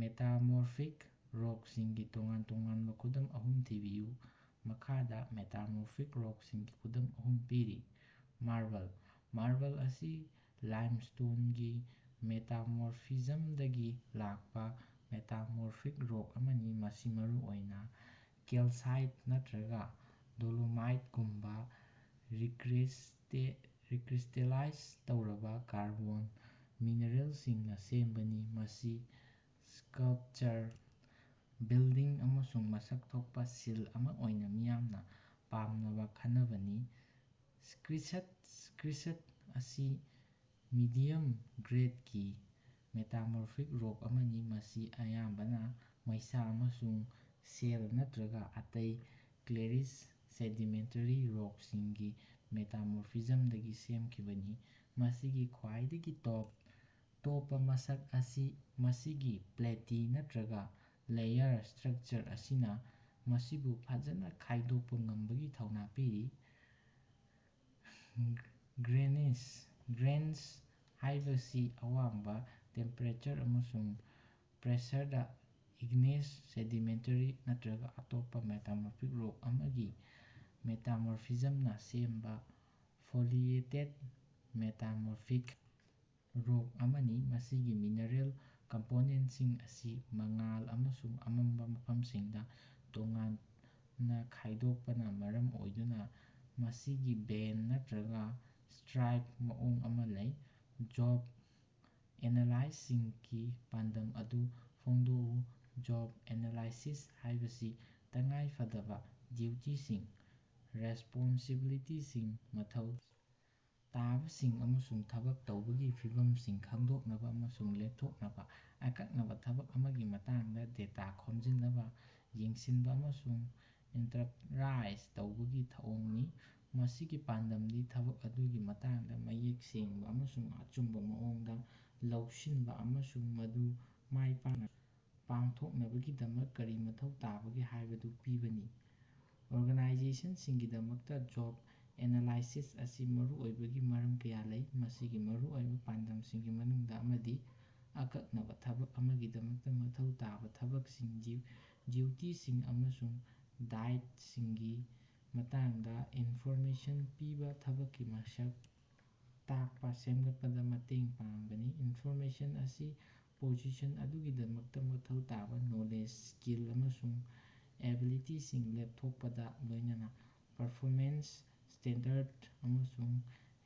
Metamorphic ꯔꯣꯛꯁꯤꯡꯒꯤ ꯇꯣꯉꯥꯟ-ꯇꯣꯉꯥꯟꯕ ꯈꯨꯗꯝ ꯑꯍꯨꯝ ꯊꯤꯕꯤꯌꯨ꯫ ꯃꯈꯥꯗ ꯃꯦꯇꯥꯃꯣꯔꯐꯤꯛ ꯔꯣꯛꯁꯤꯡꯒꯤ ꯈꯨꯗꯝ ꯑꯍꯨꯝ ꯄꯤꯔꯤ꯫ ꯃꯥꯔꯕꯜ: ꯃꯥꯔꯕꯜ ꯑꯁꯤ ꯂꯥꯏꯝꯁ꯭ꯇꯣꯟꯒꯤ ꯃꯦꯇꯥꯃꯣꯔꯐꯤꯖꯝꯗꯒꯤ ꯂꯥꯛꯄ ꯃꯦꯇꯥꯃꯣꯔꯐꯤꯛ ꯔꯣꯛ ꯑꯃꯅꯤ, ꯃꯁꯤ ꯃꯔꯨꯑꯣꯏꯅ ꯀꯦꯜꯁꯥꯏꯠ ꯅꯠꯇ꯭ꯔꯒ ꯗꯣꯂꯣꯃꯥꯏꯠꯒꯨꯝꯕ ꯔꯤꯀ꯭ꯔꯤꯁꯇꯦꯂꯥꯏꯖ ꯇꯧꯔꯕ ꯀꯥꯔꯕꯣꯟ ꯃꯤꯅꯔꯦꯜꯁꯤꯡꯅ ꯁꯦꯝꯕꯅꯤ꯫ ꯃꯁꯤ ꯁ꯭ꯀꯜꯞꯆꯔ, ꯕꯤꯜꯗꯤꯡ ꯑꯃꯁꯨꯡ ꯃꯁꯛ ꯊꯣꯛꯄ ꯁꯤꯜ ꯑꯃ ꯑꯣꯏꯅ ꯃꯤꯌꯥꯝꯅ ꯄꯥꯝꯅꯕ ꯈꯟꯅꯕꯅꯤ꯫ ꯁ꯭ꯀꯤꯁꯠ ꯁ꯭ꯀꯤꯁꯠ ꯑꯁꯤ ꯃꯤꯗꯤꯌꯝ ꯒ꯭ꯔꯦꯗꯀꯤ ꯃꯦꯇꯥꯃꯣꯔꯐꯤꯛ ꯔꯣꯛ ꯑꯃꯅꯤ, ꯃꯁꯤ ꯑꯌꯥꯝꯕꯅ ꯃꯩꯁꯥ ꯑꯃꯁꯨꯡ ꯁꯦꯜ ꯅꯠꯇ꯭ꯔꯒ ꯑꯇꯩ ꯀ꯭ꯂꯦ-ꯔꯤꯆ ꯁꯦꯗꯤꯃꯦꯟꯇꯦꯔꯤ ꯔꯣꯛꯁꯤꯡꯒꯤ ꯃꯦꯇꯥꯃꯣꯔꯐꯤꯖꯝꯗꯒꯤ ꯁꯦꯝꯈꯤꯕꯅꯤ꯫ ꯃꯁꯤꯒꯤ ꯈ꯭ꯋꯥꯏꯗꯒꯤ ꯇꯣꯞ ꯇꯣꯞꯄ ꯃꯁꯛ ꯑꯁꯤ ꯃꯁꯤꯒꯤ ꯄ꯭ꯂꯦꯇꯤ ꯅꯠꯇ꯭ꯔꯒ ꯂꯦꯌꯔ ꯁ꯭ꯇꯔꯛꯆꯔ ꯑꯁꯤꯅ ꯃꯁꯤꯕꯨ ꯐꯖꯅ ꯈꯥꯏꯗꯣꯛꯄ ꯉꯝꯕꯒꯤ ꯊꯧꯅ ꯄꯤꯔꯤ꯫ ꯒ꯭ꯅꯦꯏꯁ: ꯒ꯭ꯅꯦꯏꯁ ꯍꯥꯏꯕꯁꯤ ꯑꯋꯥꯡꯕ ꯇꯦꯝꯄꯦꯔꯦꯆꯔ ꯑꯃꯁꯨꯡ ꯄ꯭ꯔꯦꯁꯔꯗ ꯏꯒ꯭ꯅꯦꯁ, ꯁꯦꯗꯤꯃꯦꯟꯇꯦꯔꯤ ꯅꯠꯇ꯭ꯔꯒ ꯑꯇꯣꯞꯄ ꯃꯦꯇꯥꯃꯣꯔꯐꯤꯛ ꯔꯣꯛ ꯑꯃꯒꯤ ꯃꯦꯇꯥꯃꯣꯔꯐꯤꯖꯝꯅ ꯁꯦꯝꯕ ꯐꯣꯂꯤꯑꯦꯇꯦꯗ ꯃꯦꯇꯥꯃꯣꯔꯐꯤꯛ ꯔꯣꯛ ꯑꯃꯅꯤ꯫ ꯃꯁꯤꯒꯤ ꯃꯤꯅꯔꯦꯜ ꯀꯝꯄꯣꯅꯦꯟꯠꯁꯤꯡ ꯑꯁꯤ ꯃꯉꯥꯜ ꯑꯃꯁꯨꯡ ꯑꯃꯝꯕ ꯃꯐꯝꯁꯤꯡꯗ ꯇꯣꯉꯥꯟꯅ ꯈꯥꯏꯗꯣꯛꯄꯅ ꯃꯔꯝ ꯑꯣꯏꯗꯨꯅ ꯃꯁꯤꯒꯤ ꯕꯦꯟ ꯅꯠꯇ꯭ꯔꯒ ꯁ꯭ꯇꯔꯥꯏꯞ ꯃꯑꯣꯡ ꯑꯃ ꯂꯩ꯫ ꯖꯣꯕ ꯑꯦꯅꯥꯂꯥꯏꯁꯤꯁꯀꯤ ꯄꯥꯟꯗꯝ ꯑꯗꯨ ꯐꯣꯡꯗꯣꯛꯎ꯫ ꯖꯣꯕ ꯑꯦꯅꯥꯂꯥꯏꯁꯤꯁ ꯍꯥꯏꯕꯁꯤ ꯇꯉꯥꯏꯐꯗꯕ ꯗ꯭ꯌꯨꯇꯤꯁꯤꯡ, ꯔꯦꯁꯄꯣꯟꯁꯤꯕꯤꯂꯤꯇꯤꯁꯤꯡ, ꯃꯊꯧ ꯇꯥꯕꯁꯤꯡ ꯑꯃꯁꯨꯡ ꯊꯕꯛ ꯇꯧꯕꯒꯤ ꯐꯤꯚꯝꯁꯤꯡ ꯈꯪꯗꯣꯛꯅꯕ ꯑꯃꯁꯨꯡ ꯂꯦꯞꯊꯣꯛꯅꯕ ꯑꯀꯛꯅꯕ ꯊꯕꯛ ꯑꯃꯒꯤ ꯃꯇꯥꯡꯗ ꯗꯦꯇꯥ ꯈꯣꯝꯖꯤꯟꯅꯕ, ꯌꯦꯡꯁꯤꯟꯕ ꯑꯃꯁꯨꯡ ꯏꯟꯇꯔꯞꯔꯥꯏꯖ ꯇꯧꯕꯒꯤ ꯊꯧꯑꯣꯡꯅꯤ꯫ ꯃꯁꯤꯒꯤ ꯄꯥꯟꯗꯝꯗꯤ ꯊꯕꯛ ꯑꯗꯨꯒꯤ ꯃꯇꯥꯡꯗ ꯃꯌꯦꯛ ꯁꯦꯡꯕ ꯑꯃꯁꯨꯡ ꯑꯆꯨꯝꯕ ꯃꯑꯣꯡꯗ ꯂꯧꯁꯤꯟꯕ ꯑꯃꯁꯨꯡ ꯃꯗꯨ ꯃꯥꯏꯄꯥꯛꯅ ꯄꯥꯡꯊꯣꯛꯅꯕꯒꯤꯗꯃꯛ ꯀꯔꯤ ꯃꯊꯧ ꯇꯥꯕꯒꯦ ꯍꯥꯏꯕꯗꯨ ꯄꯤꯕꯅꯤ꯫ ꯑꯣꯔꯒꯥꯅꯥꯏꯖꯦꯁꯟꯁꯤꯡꯒꯤꯗꯃꯛꯇ ꯖꯣꯕ ꯑꯦꯅꯥꯂꯥꯏꯁꯤꯁ ꯑꯁꯤ ꯃꯔꯨꯑꯣꯏꯕꯒꯤ ꯃꯔꯝ ꯀꯌꯥ ꯂꯩ꯫ ꯃꯁꯤꯒꯤ ꯃꯔꯨꯑꯣꯏꯕ ꯄꯥꯟꯗꯝꯁꯤꯡꯒꯤ ꯃꯅꯨꯡꯗ ꯑꯃꯗꯤ ꯑꯀꯛꯅꯕ ꯊꯕꯛ ꯑꯃꯒꯤꯗꯃꯛꯇ ꯃꯊꯧ ꯇꯥꯕ ꯊꯕꯛꯁꯤꯡ, ꯗ꯭ꯌꯨꯇꯤꯁꯤꯡ ꯑꯃꯁꯨꯡ ꯗꯥꯏꯇꯁꯤꯡꯒꯤ ꯃꯇꯥꯡꯗ ꯏꯟꯐꯣꯔꯃꯦꯁꯟ ꯄꯤꯕ ꯊꯕꯛꯀꯤ ꯃꯁꯛ ꯇꯥꯛꯄ ꯁꯦꯝꯒꯠꯄꯗ ꯃꯇꯦꯡ ꯄꯥꯡꯕꯅꯤ꯫ ꯏꯟꯐꯣꯔꯃꯦꯁꯟ ꯑꯁꯤ ꯄꯣꯖꯤꯁꯟ ꯑꯗꯨꯒꯤꯗꯃꯛꯇ ꯃꯊꯧ ꯇꯥꯕ ꯅꯣꯂꯦꯖ, ꯁ꯭ꯀꯤꯜ ꯑꯃꯁꯨꯡ ꯑꯦꯕꯤꯂꯤꯇꯤꯁꯤꯡ ꯂꯦꯞꯊꯣꯛꯄꯗ, ꯂꯣꯏꯅꯅ ꯄꯔꯐꯣꯃꯦꯟꯁ ꯁ꯭ꯇꯦꯟꯗꯔꯗ ꯑꯃꯁꯨꯡ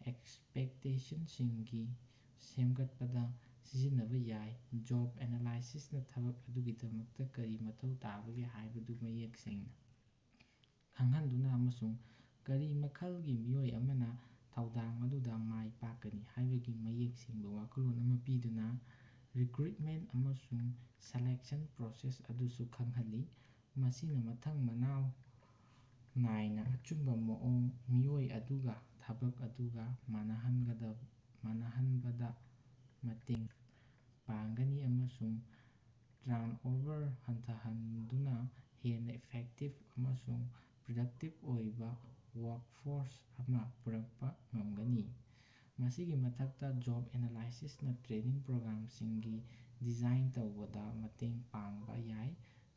ꯑꯦꯛꯁꯄꯦꯛꯇꯦꯁꯟꯁꯤꯡ ꯁꯦꯝꯒꯠꯄꯗ ꯁꯤꯖꯤꯟꯅꯕ ꯌꯥꯏ꯫ ꯖꯣꯕ ꯑꯦꯅꯥꯂꯥꯏꯁꯤꯁꯅ ꯊꯕꯛ ꯑꯗꯨꯒꯤꯗꯃꯛꯇ ꯀꯔꯤ ꯃꯊꯧ ꯇꯥꯕꯒꯦ ꯍꯥꯏꯕꯗꯨ ꯃꯌꯦꯛ ꯁꯦꯡꯅ ꯈꯪꯍꯟꯗꯨꯅ, ꯑꯃꯁꯨꯡ ꯀꯔꯤ ꯃꯈꯜꯒꯤ ꯃꯤꯑꯣꯏ ꯑꯃꯅ ꯊꯧꯗꯥꯡ ꯑꯗꯨꯗ ꯃꯥꯏ ꯄꯥꯛꯀꯅꯤ ꯍꯥꯏꯕꯒꯤ ꯃꯌꯦꯛ ꯁꯦꯡꯕ ꯋꯥꯈꯜꯂꯣꯟ ꯑꯃ ꯄꯤꯗꯨꯅ ꯔꯤꯀ꯭ꯔꯨꯏꯠꯃꯦꯟꯠ ꯑꯃꯁꯨꯡ ꯁꯦꯂꯦꯛꯁꯟ ꯄ꯭ꯔꯣꯁꯦꯁ ꯑꯗꯨꯁꯨ ꯈꯪꯍꯜꯂꯤ꯫ ꯃꯁꯤꯅ ꯃꯊꯪ ꯃꯅꯥꯏꯎ ꯅꯥꯏꯅ ꯑꯆꯨꯝꯕ ꯃꯤꯑꯣꯏ ꯑꯗꯨꯒ ꯊꯕꯛ ꯑꯗꯨꯒ ꯃꯥꯟꯅꯍꯟꯕꯗ ꯃꯇꯦꯡ ꯄꯥꯡꯒꯅꯤ ꯑꯃꯁꯨꯡ ꯇꯔꯟꯑꯣꯚꯔ ꯍꯟꯊꯍꯟꯗꯨꯅ ꯍꯦꯟꯅ ꯏꯐꯦꯛꯇꯤꯕ ꯑꯃꯁꯨꯡ ꯄ꯭ꯔꯗꯛꯇꯤꯕ ꯑꯣꯏꯕ ꯋꯥꯔꯛꯐꯣꯔꯁ ꯑꯃ ꯄꯨꯔꯛꯄ ꯉꯝꯒꯅꯤ꯫ ꯃꯁꯤꯒꯤ ꯃꯊꯛꯇ, ꯖꯣꯕ ꯑꯦꯅꯥꯂꯥꯏꯁꯤꯁꯅ ꯇ꯭ꯔꯦꯅꯤꯡ ꯄ꯭ꯔꯣꯒ꯭ꯔꯥꯝꯁꯤꯡꯒꯤ ꯗꯤꯖꯥꯏꯟ ꯇꯧꯕꯗ ꯃꯇꯦꯡ ꯄꯥꯡꯕ ꯌꯥꯏ,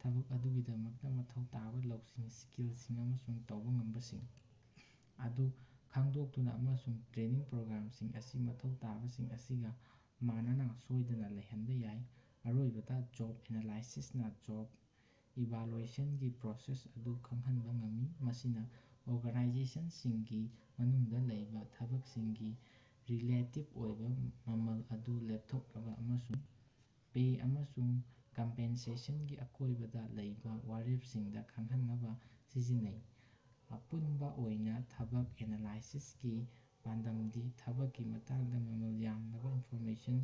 ꯊꯕꯛ ꯑꯗꯨꯒꯤꯗꯃꯛꯇ ꯃꯊꯧ ꯇꯥꯕ ꯂꯧꯁꯤꯡ, ꯁ꯭ꯀꯤꯜꯁꯤꯡ ꯑꯃꯁꯨꯡ ꯇꯧꯕ ꯉꯝꯕꯁꯤꯡ ꯑꯗꯨ ꯈꯪꯗꯣꯛꯇꯨꯅ ꯑꯃꯁꯨꯡ ꯇ꯭ꯔꯦꯅꯤꯡ ꯄ꯭ꯔꯣꯒ꯭ꯔꯥꯝꯁꯤꯡ ꯑꯁꯤ ꯃꯊꯧ ꯇꯥꯕꯁꯤꯡ ꯑꯁꯤꯒ ꯃꯥꯟꯅꯅ ꯁꯣꯏꯗꯅ ꯂꯩꯍꯟꯕ ꯌꯥꯏ꯫ ꯑꯔꯣꯏꯕꯗ, ꯖꯣꯕ ꯑꯦꯅꯥꯂꯥꯏꯁꯤꯁꯅ ꯖꯣꯕ ꯏꯚꯥꯜꯌꯨꯑꯦꯁꯟꯒꯤ ꯄ꯭ꯔꯣꯁꯦꯁ ꯑꯗꯨ ꯈꯪꯍꯟꯕ ꯉꯝꯃꯤ, ꯃꯁꯤꯅ ꯑꯣꯔꯒꯅꯥꯏꯖꯦꯁꯟꯒꯤ ꯃꯅꯨꯡꯗ ꯂꯩꯕ ꯊꯕꯛꯁꯤꯡꯒꯤ ꯔꯤꯂꯦꯇꯤꯚ ꯑꯣꯏꯕ ꯃꯃꯜ ꯑꯗꯨ ꯂꯦꯞꯊꯣꯛꯅꯕ ꯑꯃꯁꯨꯡ ꯄꯦ ꯑꯃꯁꯨꯡ ꯀꯝꯄꯦꯟꯁꯦꯁꯟꯒꯤ ꯑꯀꯣꯏꯕꯗ ꯂꯩꯕ ꯋꯥꯔꯦꯞꯁꯤꯡꯗ ꯈꯪꯍꯟꯅꯕ ꯁꯤꯖꯤꯟꯅꯩ꯫ ꯑꯄꯨꯅꯕ ꯑꯣꯏꯅ, ꯊꯕꯛ ꯑꯦꯅꯥꯂꯥꯏꯁꯤꯁꯀꯤ ꯄꯥꯟꯗꯝꯗꯤ ꯊꯕꯛꯀꯤ ꯃꯇꯥꯡꯗ ꯃꯃꯜ ꯌꯥꯝꯂꯕ ꯏꯟꯐꯣꯔꯃꯦꯁꯟ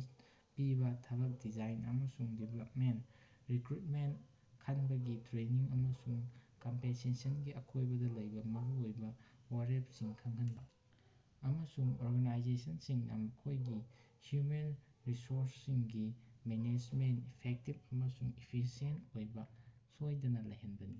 ꯄꯤꯕ, ꯊꯕꯛ ꯗꯤꯖꯥꯏꯟ ꯑꯃꯁꯨꯡ ꯗꯤꯚꯦꯂꯄꯃꯦꯟꯠ, ꯔꯤꯀ꯭ꯔꯨꯏꯠꯃꯦꯟꯠ ꯈꯟꯕꯒꯤ ꯇ꯭ꯔꯦꯅꯤꯡ ꯑꯃꯁꯨꯡ ꯀꯝꯄꯦꯟꯁꯦꯁꯟꯒꯤ ꯑꯀꯣꯏꯕꯗ ꯂꯩꯕ ꯃꯔꯨꯑꯣꯏꯕ ꯋꯥꯔꯦꯞꯁꯤꯡ ꯈꯪꯍꯟꯕ, ꯑꯃꯁꯨꯡ ꯑꯣꯔꯒꯥꯅꯥꯏꯖꯦꯁꯟꯁꯤꯡꯅ ꯃꯈꯣꯏꯒꯤ ꯍ꯭ꯌꯨꯃꯦꯟ ꯔꯤꯁꯣꯔꯁꯁꯤꯡꯒꯤ ꯃꯦꯅꯦꯖꯃꯦꯟꯠꯗ ꯏꯐꯦꯛꯇꯤꯚ ꯑꯃꯁꯨꯡ ꯏꯐꯤꯁꯤꯑꯦꯟꯠ ꯑꯣꯏꯕ ꯁꯣꯏꯗꯅ ꯂꯩꯍꯟꯕꯅꯤ꯫